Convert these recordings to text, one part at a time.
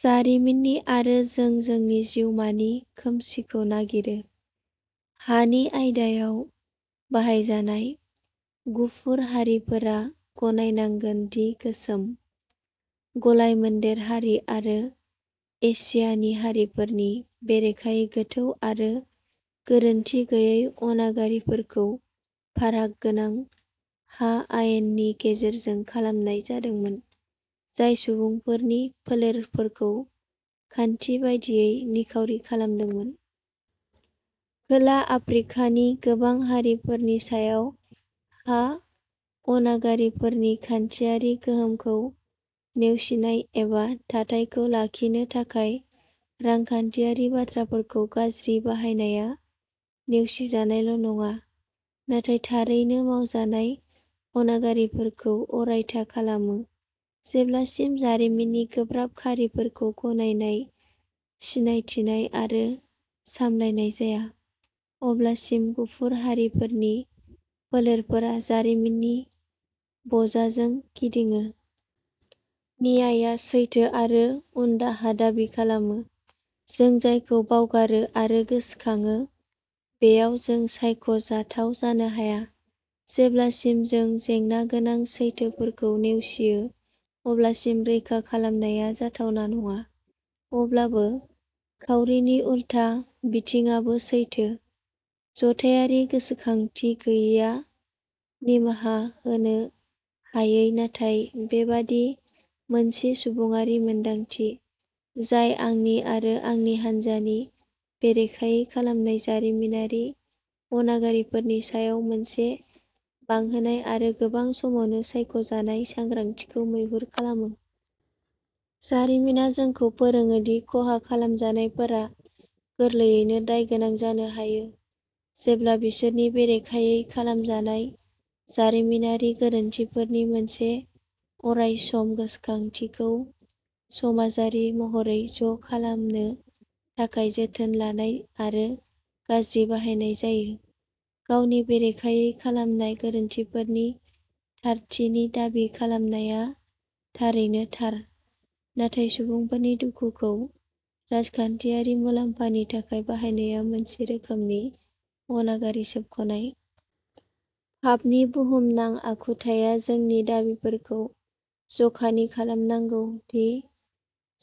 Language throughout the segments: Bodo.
जारिमिननि आरो जों जोंनि जिउमानि खोमसिखौ नागिरो। हानि आयदायाव बाहायजानाय, गुफुर हारिफोरा गनायनांगोन दि गोसोम, गलाय-मोनदेर हारि आरो एसियानि हारिफोरनि बेरेखायै गोथौ आरो गोरोनथि गैयै अनागारिफोरखौ फाराग गोनां हा आयेननि गेजेरजों खालामनाय जादोंमोन, जाय सुबुंफोरनि फोलेरफोरखौ खान्थि बायदियै निखावरि खालामदोंमोन। खोला आफ्रिकानि गोबां हारिफोरनि सायाव हा अनागारिफोरनि खान्थियारि गोहोमखौ नेवसिनाय एबा थाथायखौ लाखिनो थाखाय रांखान्थियारि बाथ्राफोरखौ गाज्रि बाहायनाया नेवसिजानायल' नङा, नाथाय थारैनो मावजानाय अनागारिफोरखौ अरायथा खालामो। जेब्लासिम जारिमिननि गोब्राब खारिफोरखौ गनायनाय, सिनायथिनाय आरो सामलायनाय जाया, अब्लासिम गुफुर हारिफोरनि फोलेरफोरा जारिमिननि बजाजों गिदिङो। नियाइआ सैथो आरो उनदाहा दाबि खालामो। जों जायखौ बावगारो आरो गोसोखाङो बेयाव जों सायख' जाथाव जानो हाया। जेब्लासिम जों जेंनागोनां सैथोफोरखौ नेवसियो अब्लासिम रैखा खालामनाया जाथावना नङा। अब्लाबो, खावरिनि उलथा बिथिंआबो सैथो। जथायारि गोसोखांथि गैयैआ निमाहा होनो हायै नाथाय बेबादि मोनसे सुबुङारि मोनदांथि, जाय आंनि आरो आंनि हान्जानि बेरेखायै खालामनाय जारिमिनारि अनागारिफोरनि सायाव मोनसे बांहोनाय आरो गोबां समावनो सायख' जानाय सांग्रांथिखौ मैहुर खालामो। जारिमिना जोंखौ फोरोङो दि खहा खालामजानायफोरा गोरलैयैनो दायगोनां जानो हायो, जेब्ला बिसोरनि बेरेखायै खालामजानाय जारिमिनारि गोरोन्थिफोरनि मोनसे अरायसम गोसोखांथिखौ समाजारि महरै ज' खालामनो थाखाय जोथोन लानाय आरो गाज्रि बाहायनाय जायो। गावनि बेरेखायै खालामनाय गोरोन्थिफोरनि थारथिनि दाबि खालामनाया थारैनो थार, नाथाय सुबुंफोरनि दुखुखौ राजखान्थियारि मुलाम्फानि थाखाय बाहायनाया मोनसे रोखोमनि अनागारि सोबख'नाय। फाफनि बुहुमनां आखुथाया जोंनि दाबिफोरखौ जखानि खालामनांगौ दि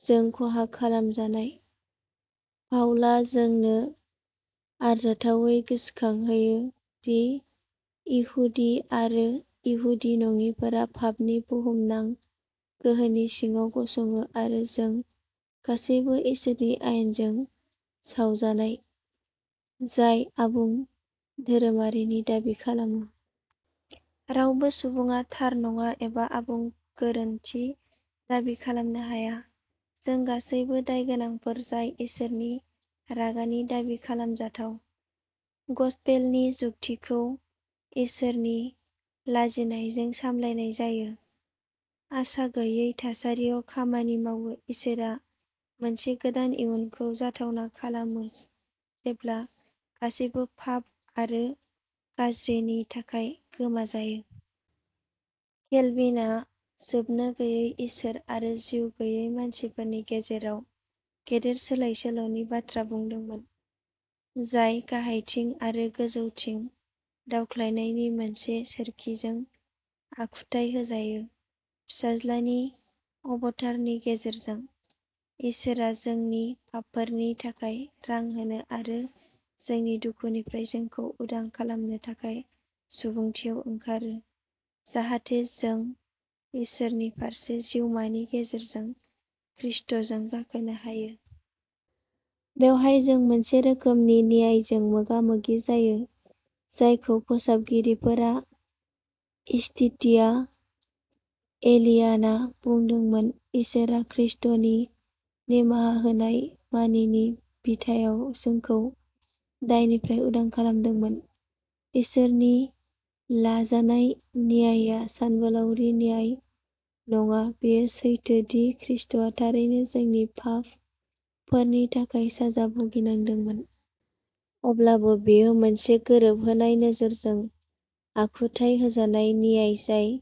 जों खहा खालामजानाय। पाउला जोंनो आरजाथावै गोसोखांहोयो दि इहुदि आरो इहुदि नङिफोरा फाफनि बुहुमनां गोहोनि सिङाव गसङो आरो जों गासैबो इसोरनि आयेनजों सावजानाय, जाय आबुं धोरोमारिनि दाबि खालामो। रावबो सुबुङा थार नङा एबा आबुं गोरोनथि दाबि खालामनो हाया। जों गासैबो दायगोनांफोर जाय इसोरनि रागानि दाबि खालामजाथाव। गसपेलनि जुक्तिखौ इसोरनि लाजिनायजों सामलायनाय जायो। आसागैयै थासारियाव खामानि मावो इसोरआ मोनसे गोदान इयुनखौ जाथावना खालामो जेब्ला गासैबो फाफ आरो गाज्रिनि थाखाय गोमाजायो। केलभिन आ जोबनोगैयै इसोर आरो जिउ गैयै मानसिफोरनि गेजेराव गेदेर सोलाय-सोल'नि बाथ्रा बुंदोंमोन, जाय गाहायथिं आरो गोजौथिं दावख्लायनायनि मोनसे सोरखिजों आखुथाइ होजायो। फिसाज्लानि अबतारनि गेजेरजों, इसोरआ जोंनि फाफफोरनि थाखाय रां होनो आरो जोंनि दुखुनिफ्राय जोंखौ उदां खालामनो थाखाय सुबुंथियाव ओंखारो जाहाथे जों इसोरनि फारसे जिउमानि गेजेरजों ख्रिस्ट’जों गाखोनो हायो। बेवहाय जों मोनसे रोखोमनि नियाइजों मोगा-मोगि जायो जायखौ फोसाबगिरिफोरा इस्टिटिया एलियाना बुंदोंमोन इसोरा ख्रिस्ट’नि निमाहा होनाय मानिनि बिथायाव जोंखौ दायनिफ्राय उदां खालामदोंमोन। इसोरनि लाजानाय नियाइआ सानबोलावरि नियाइ नङा बेयो सैथो दि ख्रिस्ट’आ थारैनो जोंनि फाफ फोरनि थाखाय साजा भुगिदोंमोन। अब्लाबो बेयो मोनसे गोरोबहोनाय नोजोरजों आखुथाइ होजानाय नियाइ जाय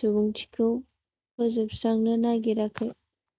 सुबुंथिखौ फोजोबस्रांनो नागिराखै।